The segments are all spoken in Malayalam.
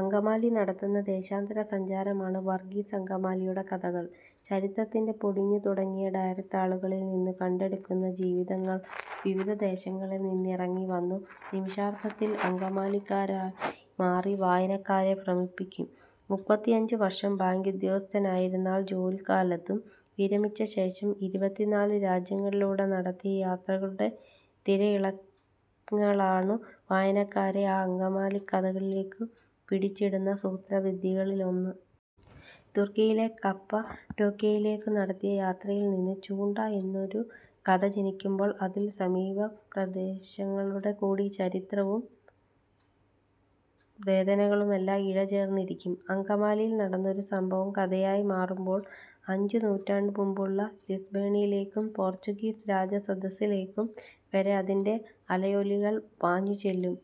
അങ്കമാലി നടത്തുന്ന ദേശാന്തരസഞ്ചാരമാണ് വർഗീസ് അങ്കമാലിയുടെ കഥകൾ. ചരിത്രത്തിൻ്റെ പൊടിഞ്ഞു തുടങ്ങിയ ഡയറിത്താളുകളിൽനിന്നു കണ്ടെടുക്കുന്ന ജീവിതങ്ങൾ വിവിധ ദേശങ്ങളിൽ നിന്നിറങ്ങി വന്നു നിമിഷാർധത്തിൽ അങ്കമാലിക്കാരായി മാറി വായനക്കാരെ ഭ്രമിപ്പിക്കും. മുപ്പത്തിഅഞ്ച് വർഷം ബാങ്ക് ഉദ്യോഗസ്ഥനായിരുന്നയാൾ ജോലിക്കാലത്തും വിരമിച്ച ശേഷവും ഇരുപത്തിനാല് രാജ്യങ്ങളിലൂടെ നടത്തിയ യാത്രകളുടെ തിരയിളക്കങ്ങളാണു വായനക്കാരെ ആ അങ്കമാലിക്കഥകളിലേക്കു പിടിച്ചിടുന്ന സൂത്രവിദ്യകളിലൊന്ന്. തുർക്കിയിലെ കപ്പഡോക്യയിലേക്കു നടത്തിയ യാത്രയിൽനിന്നു ‘ചൂണ്ട’ എന്നൊരു കഥ ജനിക്കുമ്പോൾ അതിൽ സമീപദേശങ്ങളുടെ കൂടി ചരിത്രവും വേദനകളുമെല്ലാം ഇഴചേർന്നിരിക്കും. അങ്കമാലിയിൽ നടക്കുന്നൊരു സംഭവം കഥയായി മാറുമ്പോൾ അഞ്ചു നൂറ്റാണ്ടു മുൻപുള്ള ലിസ്ബണിലേക്കും പോർച്ചുഗീസ് രാജസദസ്സിലേക്കും വരെ അതിൻ്റെ അലയൊലികൾ പാഞ്ഞുചെല്ലും.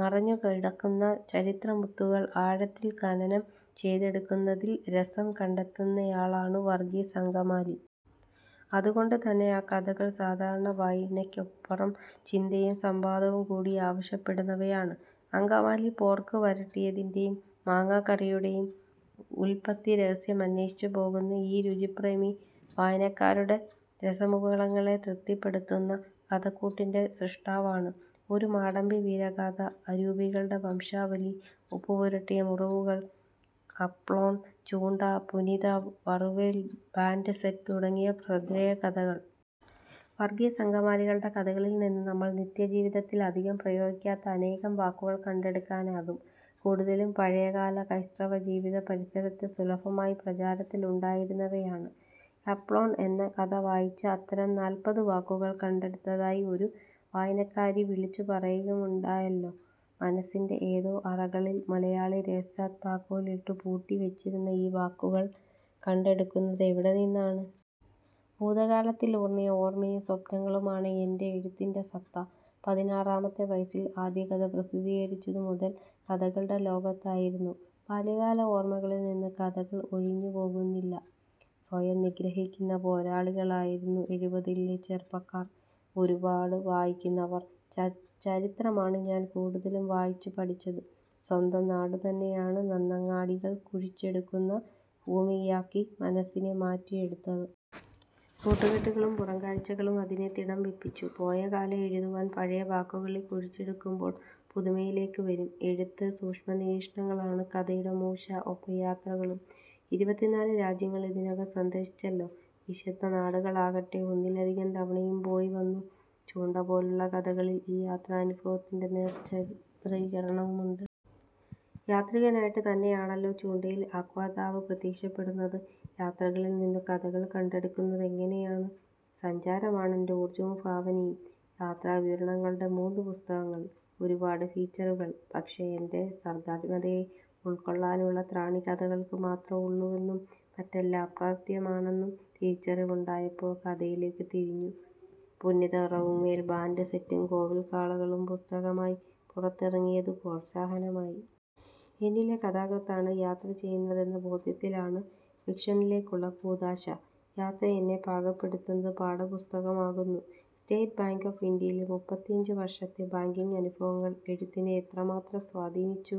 മറഞ്ഞു കിടക്കുന്ന ചരിത്രമുത്തുകൾ ആഴത്തിൽ ഖനനം ചെയ്തെടുക്കുന്നതിൽ രസം കണ്ടെത്തുന്നയാളാണു വർഗീസ് അങ്കമാലി. അതുകൊണ്ടുതന്നെ ആ കഥകൾ സാധാരണ വായനയ്ക്കപ്പുറം ചിന്തയും സംവാദവും കൂടി ആവശ്യപ്പെടുന്നവയാണ്. അങ്കമാലി പോർക്ക് വരട്ടിയതിൻ്റെയും മാങ്ങാക്കറിയുടെയും ഉൽപത്തിരഹസ്യമന്വേഷിച്ചു പോകുന്ന ഈ രുചിപ്രേമി വായനക്കാരുടെ രസമുകുളങ്ങളെ തൃപ്തിപ്പെടുത്തുന്ന കഥക്കൂട്ടിൻ്റെ സ്രഷ്ടാവാണ്. ഒരു മാടമ്പി വീരഗാഥ, അരൂപികളുടെ വംശാവലി, ഉപ്പുപുരട്ടിയ മുറിവുകൾ, കപ്ലോൻ, ചൂണ്ട, പുനിത വറുവേൽ ബാൻ്റ് സെറ്റ് തുടങ്ങിയവ ശ്രദ്ധേയ കഥകൾ. വർഗീസ് അങ്കമാലിയുടെ കഥകളിൽനിന്ന് നമ്മൾ നിത്യ ജീവിതത്തിൽ അധികം പ്രയോഗിക്കാത്ത അനേകം വാക്കുകൾ കണ്ടെടുക്കാനാകും. കൂടുതലും പഴയകാല ക്രൈസ്തവ ജീവിത പരിസരത്ത് സുലഭമായി പ്രചാരത്തിലുണ്ടായിരുന്നവയുമാണ്. ‘കപ്ലോൻ’ എന്ന കഥ വായിച്ച് അത്തരം നാൽപത് വാക്കുകൾ കണ്ടെടുത്തതായി ഒരു വായനക്കാരി വിളിച്ചു പറയുകയുമുണ്ടായല്ലോ. മനസ്സിൻ്റെ ഏതോ അറകളിൽ മലയാളി രഹസ്യത്താക്കോലിട്ടു പൂട്ടി വച്ചിരിക്കുന്ന ഈ വാക്കുകൾ കണ്ടെടുക്കുന്നത് എവിടെനിന്നാണ്? ഭൂതകാലത്തിലൂന്നിയ ഓർമയും സ്വപ്നങ്ങളുമാണ് എൻ്റെ എഴുത്തിൻ്റെ സത്ത. പതിനാറാമത്തെ വയസ്സിൽ ആദ്യകഥ പ്രസിദ്ധീകരിച്ചതു മുതൽ കഥകളുടെ ലോകത്തായിരുന്നു. ബാല്യകാല ഓർമകളിൽനിന്ന് കഥകൾ ഒഴിഞ്ഞുപോകുന്നില്ല. സ്വയം നിഗ്രഹിക്കുന്ന പോരാളികളായിരുന്നു എഴുപതുകളിലെ ചെറുപ്പക്കാർ. ഒരുപാടു വായിക്കുന്നവർ. ചരിത്രമാണു ഞാൻ കൂടുതലും വായിച്ചു പഠിച്ചത്. സ്വന്തം നാടുതന്നെയാണ് നന്നങ്ങാടികൾ കുഴിച്ചെടുക്കുന്ന ഭൂമികയാക്കി മനസ്സിനെ മാറ്റിയെടുത്തത്. കൂട്ടുകെട്ടുകളും പുറംകാഴ്ചകളും അതിനെ തിടം വപ്പിച്ചു. പോയകാലം എഴുതുവാൻ പഴയവാക്കുകളെ കുഴിച്ചെടുക്കുമ്പോൾ പുതുമയിലേക്കു വരും, എഴുത്ത്. സൂക്ഷ്മനിരീക്ഷണങ്ങളാണു കഥയുടെ മൂശ, ഒപ്പം യാത്രകളും. ഇരുപത്തിനാല് രാജ്യങ്ങൾ ഇതിനകം സന്ദർശിച്ചല്ലോ. വിശുദ്ധനാടുകളാകട്ടെ ഒന്നിലധികം തവണയും പോയി വന്നു. 'ചൂണ്ട' പോലുള്ള കഥകളിൽ ഈ യാത്രാനുഭവത്തിൻ്റെ നേർ ചിത്രീകരണവുമുണ്ട്. യാത്രികനായിട്ടു തന്നെയാണല്ലോ ചൂണ്ടയിൽ ആഖ്യാതാവ് പ്രത്യക്ഷപ്പെടുന്നത്. യാത്രകളിൽ നിന്നു കഥകൾ കണ്ടെടുക്കുന്നത് എങ്ങനെയാണ്? സഞ്ചാരമാണ് എൻ്റെ ഊർജവും ഭാവനയും. യാത്രാവിവരണങ്ങളുടെ മൂന്നു പുസ്തകങ്ങൾ. ഒരുപാടു ഫീച്ചറുകൾ. പക്ഷേ, എൻ്റെ സർഗാത്മകതയെ ഉൾക്കൊള്ളാനുള്ള ത്രാണി കഥകൾക്കു മാത്രമേ ഉള്ളുവെന്നും മറ്റെല്ലാം അപര്യാപ്തമാണെന്നും തിരിച്ചറിവുണ്ടായപ്പോൾ കഥയിലേക്കു തിരിഞ്ഞു. പുനിതവറുവേൽ ബാൻ്റ് സെറ്റും കോവിൽകാളകളും പുസ്തകമായി പുറത്തിറങ്ങിയതു പ്രോത്സാഹനമായി. എന്നിലെ കഥാകൃത്താണ് യാത്ര ചെയ്യുന്നതെന്ന ബോധ്യത്തിലാണ് ഫിക്ഷനിലേക്കുള്ള കൂദാശ. യാത്ര എന്നെ പാകപ്പെടുത്തുന്നു, പാഠപുസ്തകമാകുന്നു. സ്റ്റേറ്റ് ബാങ്ക് ഓഫ് ഇന്ത്യയിലെ മുപ്പത്തിഅഞ്ച് വർഷത്തെ ബാങ്കിങ് അനുഭവങ്ങൾ എഴുത്തിനെ എത്ര മാത്രം സ്വാധീനിച്ചു.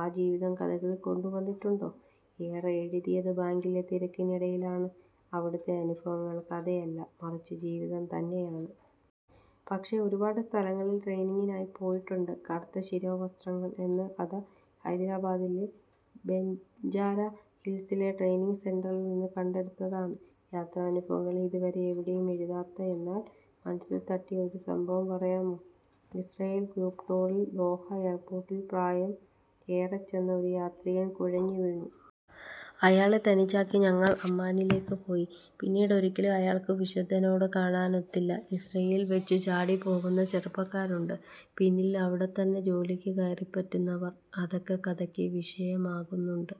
ആ ജീവിതം കഥകളിൽ കൊണ്ടുവന്നിട്ടുണ്ടോ? ഏറെ എഴുതിയത് ബാങ്കിലെ തിരക്കിനിടയിലാണ്. അവിടുത്തെ അനുഭവങ്ങൾ കഥയല്ല, മറിച്ചു ജീവിതം തന്നെയാണ്. പക്ഷേ, ഒരുപാടു സ്ഥലങ്ങളിൽ ട്രെയിനിങ്ങിനായി പോയിട്ടുണ്ട്. 'കറുത്ത ശിരോവസ്ത്രങ്ങൾ ' എന്ന കഥ ഹൈദരാബാദിലെ ബെഞ്ചാര ഹിൽസിലെ ട്രെയിനിങ് സെൻ്ററിൽനിന്നു കണ്ടെടുത്തതാണ്. യാത്രാനുഭവങ്ങളിൽ ഇതുവരെ എവിടെയും എഴുതാത്ത, എന്നാൽ മനസ്സിൽ തട്ടിയ ഒരു സംഭവം പറയാമോ? ഇസ്രയേൽ ഗ്രൂപ്പ് ടൂറിൽ ദോഹ എയർപോർട്ടിൽ പ്രായം ഏറെച്ചെന്ന ഒരു യാത്രികൻ കുഴഞ്ഞു വീണു. അയാളെ തനിച്ചാക്കി ഞങ്ങൾ അമ്മാനിലേക്കു പോയി. പിന്നീടൊരിക്കലും അയാൾക്കു വിശുദ്ധനാട് കാണാനൊത്തില്ല. ഇസ്രയേലിൽ വച്ചു ചാടിപ്പോകുന്ന ചെറുപ്പക്കാരുണ്ട്. പിന്നീട് അവിടെത്തന്നെ ജോലിക്ക് കയറിപ്പറ്റുന്നവർ. അതൊക്കെ കഥയ്ക്കു വിഷയമാകുന്നുണ്ട്.